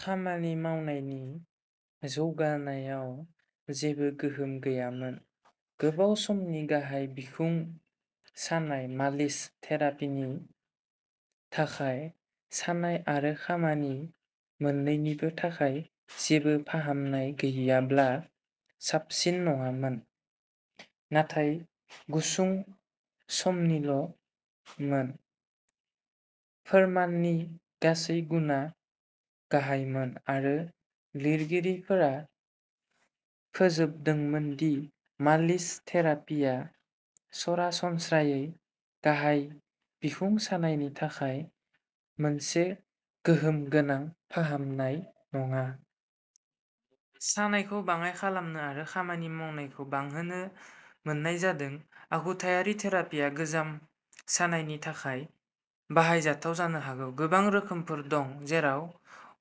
खामानि मावनायनि जौगानायाव जेबो गोहोम गैयामोन। गोबाव समनि गाहाय बिखुं सानाय मालिस थेरापिनि थाखाय सानाय आरो खामानि मोन्नैनिबो थाखाय जेबो फाहामनाय गैयाब्ला साबसिन नङामोन, नाथाय गुसुं समनिल'मोन। फोरमाननि गासै गुनआ गाहायमोन आरो लिरगिरिफोरा फोजोबदोंमोन दि मालिस थेरापिआ सरासनस्रायै गाहाय बिखुं सानायनि थाखाय मोनसे गोहोम गोनां फाहामनाय नङा। सानायखौ बाङाय खालामनो आरो खामानि मावनायखौ बांहोनो मोननाय जादों। आखुथायारि थेरापिआ गोजाम सानायनि थाखाय बाहायजाथाव जानो हागौ। गोबां रोखोमफोर दं, जेराव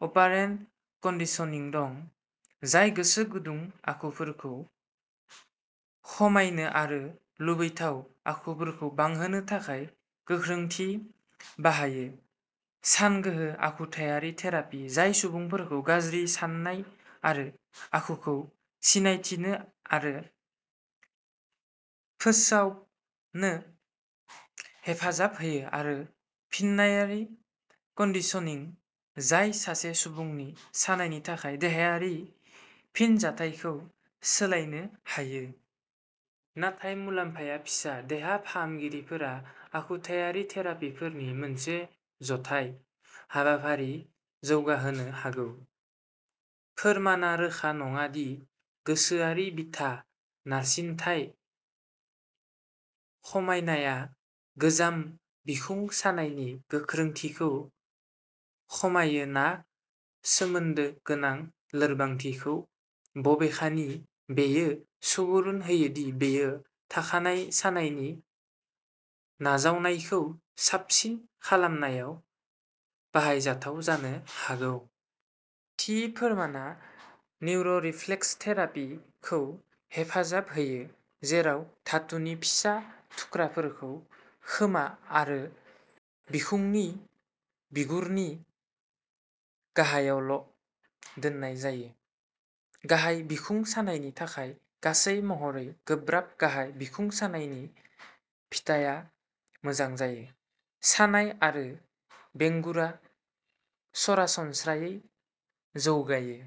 अपारेन्ट कन्डिशनिं दं, जाय गोसो गुदुं आखुफोरखौ खमायनो आरो लुबैथाव आखुफोरखौ बांहोनो थाखाय गोख्रोंथि बाहायो, सानगोहो आखुथायारि थेरापि, जाय सुबुंफोरखौ गाज्रि साननाय आरो आखुखौ सिनायथिनो आरो फोसावनो हेफाजाब होयो आरो फिन्नायारि कन्डिशनिं, जाय सासे सुबुंनि सानायनि थाखाय देहायारि फिनजाथायखौ सोलायनो हायो। नाथाय मुलाम्फाया फिसा। देहा फाहामगिरिफोरा आखुथायारि थेरापिफोरनि मोनसे जथाय हाबाफारि जौगाहोनो हागौ। फोरमानआ रोखा नङा दि गोसोआरि बिथा नारसिनथाय खमायनाया गोजाम बिखुं सानायनि गोख्रोंथिखौ खमायो ना सोमोन्दो गोनां लोरबांथिखौ, बबेखानि बेयो सुबुरुन होयो दि बेयो थाखानाय सानायनि नाजावनायखौ साबसिन खालामनायाव बाहायजाथाव जानो हागौ। थि फोरमानआ न्युर'रिफ्लेक्सथेरापि खौ हेफाजाब होयो, जेराव धातुनि फिसा थुख्राफोरखौ खोमा आरो बिखुंनि बिगुरनि गाहायावल' दोननाय जायो, गाहाय बिखुं सानायनि थाखाय। गासै महरै गोब्राब गाहाय बिखुं सानायनि फिथाया मोजां जायो। सानाय आरो बेंगुरा सरासनस्रायै जौगायो।